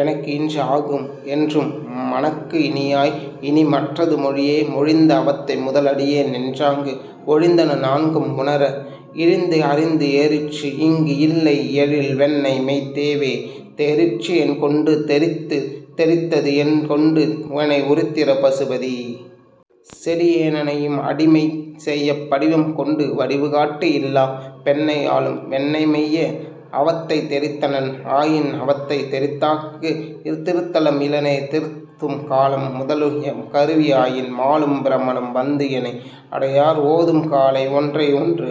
எனக்கு இன்று ஆகும் என்றும் மனக்கு இனியாய்! இனி மற்றது மொழியே மொழிந்த அவத்தை முதல் அடியேன் நின்றாங்கு ஒழிந்தன நான்கும் உணர -- இழிந்து அறிந்து ஏறிற்று இங்கு இல்லை எழில் வெண்ணெய் மெய்த்தேவே! தேறிற்று என் கொண்டு தெரித்து. தெரித்தது என் கொண்டு எனை உருத்திர பசுபதி! செடிய னேனையும் அடிமை செய்யப் படிவம் கொண்டு வடிவுகாட்டு இல்லாப் பெண்ணை ஆளும் வெண்ணெய் மெய்ய! அவத்தையில் தெரித்தனன் ஆயின் அவத்தை தெரித்தாங்கு இருத்தலும் இலனே திருத்தும் காலம் முதலிய கருவி ஆயின் மாலும் பிரமனும் வந்து எனை அடையார் ஓதும் காலை ஒன்றை ஒன்று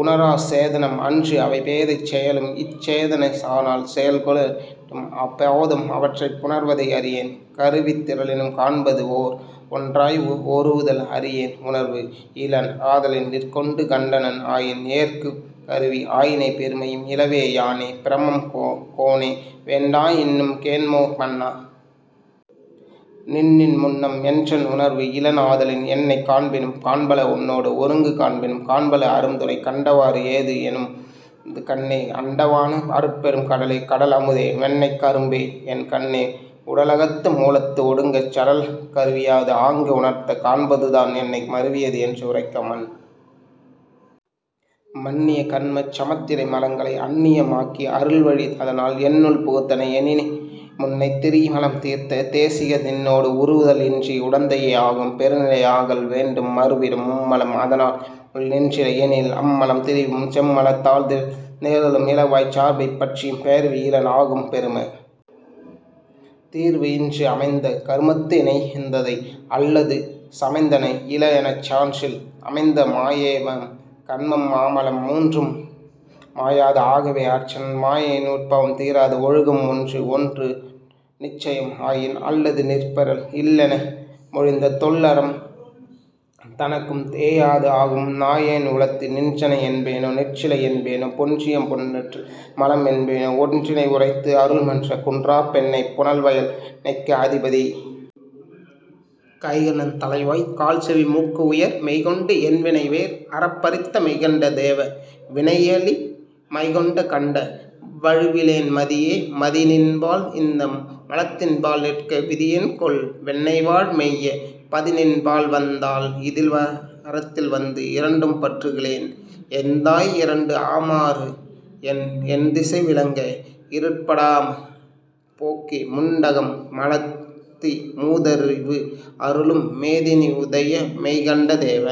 உணரா சேதனம் அன்று அவை பேதைச் செயலும் இச் சேதன ஆனால் செயல் கொள வேண்டும் போதம் அவற்றைப் புணர்வதை அறியேன் கருவித் திரளினும் காண்பது ஓர் ஒன்றாய் ஒருவுதல் அறியேன் உணர்வு இலன் ஆதலின் நிற்கொடு கண்டனன் ஆயின் எற்குக் கருவி ஆயினை பெருமையும் இலவே யானே பிரமம் கோனே வேண்டா இன்னும் கேண்மோ, மன்ன! நின்னின் முன்னம் என்றன் உணர்வு இலன் ஆதலின் என்னைக் காண்பினும் காண்பல உன்னோடு ஒருங்கு காண்பினும் காண்பல அரும்துணை கண்டவாறு ஏது எனது கண்ணே! அண்டவாண! அருட்பெரும் கடலே! கடல் அமுதே! வெண்ணெய்க் கரும்பே! என் கண்ணே! உடலகத்து மூலத்து ஒடுங்கச் -- சடலக் கருவியாது ஆங்கு உணர்த்தக் காண்பதுதான் என்னை மருவியது என்று உரைக்க மன். மன்னிய கன்மச் சமத்திடை மலங்களை அன்னியம் ஆக்கி அருள்வழி அதனால் என்னுள் புகுந்தனை எனினே முன்னைத் திரிமலம் தீர்த்த தேசிக! நின்னோடு உருவுதல் இன்றி உடந்தையே ஆகும் பெருநிலை ஆகல் வேண்டும் மருவிடும் மும்மலம் அதனால் எம்முள் நின்றிலை எனில் அம்மலத் திரிவும் செம்மலர்த் தாள்நிழல் சேர்தலும் இலவாய்ச் சார்பவை பற்றிப் பெயர்வு இலன் ஆகும், பெரும! தீர்வு இன்று அமைந்த கருமத்து இயைந்ததை அல்லது சமைந்தன இலஎனச் சாற்றில் அமைந்த மாயேயம் கன்மம் மாமலம் மூன்றும் மாயாது ஆகவே ஆர்ச்சன மாயையின் உற்பவம் தீராது ஒழுகும் ஒன்று ஒன்று நிற்சமம் ஆயின் அல்லது நிற்பெறல் இல்லென மொழிந்த தொல் அறம் தனக்கும் ஏயாது ஆகும் நாயேன் உளத்து நின்றனை என்பனோ நின்றிலை என்பனோ பொன்றிய பொன்றிற்றில மலம் என்பனோ ஒன்றினை உரைத்து அருள் மன்ற குன்றாப் பெண்ணைப் புனல்வயல் வெண்ணெய்க்கு அதிபதி! கைகண் தலைவாய் கால்செவி மூக்கு உயர் மெய்கொண்டு என்வினை வேர் அறப் பறித்த மெய்கண்ட தேவ! வினையிலி! மைகொண்ட கண்ட! வழுவிலென் மதியே! மதிநின்பால் இந்த மலத்தின்பால் நிற்க விதிஎன்கொல் வெண்ணெய்வாழ் மெய்ய! -- பதிநின்பால் வந்தால் இதில்வரத்தில் வந்து இரண்டும் பற்றுகிலேன் எந்தாய் இரண்டு ஆமாறு என் எண்திசை விளங்க இருட்படாம் போக்கி முண்டகம் மலர்த்தி மூதறிவு அருளும் மேதினி உதய மெய்கண்ட தேவ!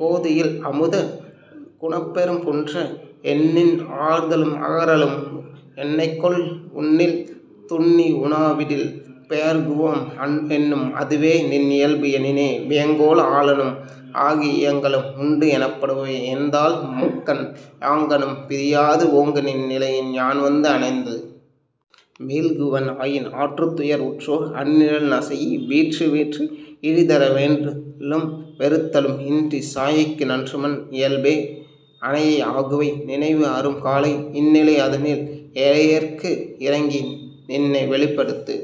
கோதுஇல் அமுத! குணப்பெரும் குன்ற! என்னின் ஆர்தலும் அகறலும் என்னைகொல் உன்னில் துன்னி உனாவிடில் பெயர்குவம் என்னும் அதுவே நின் இயல்பு எனினே வியங்கோள் ஆளனும் ஆகி இயங்கலும் உண்டு எனப்படுபவை எண்தாள் முக்கண் யாங்கணும் பிரியாது ஓங்கு நின் நிலையின் யான் வந்து அணைந்து மீள்குவன் ஆயின் ஆற்றுத்துயர் உற்றோர் அணிநிழல் நசைஇ வீற்றுவீற்று இழிதர வேண்டலும் வெறுத்தலும் இன்றிச் சாயைக்கு நன்றுமன் இயல்பே அனையை ஆகுவை நினைவு அரும் காலை இந்நிலை அதனில் ஏழையேற்கு இரங்கி நின்னை வெளிப்படுத்து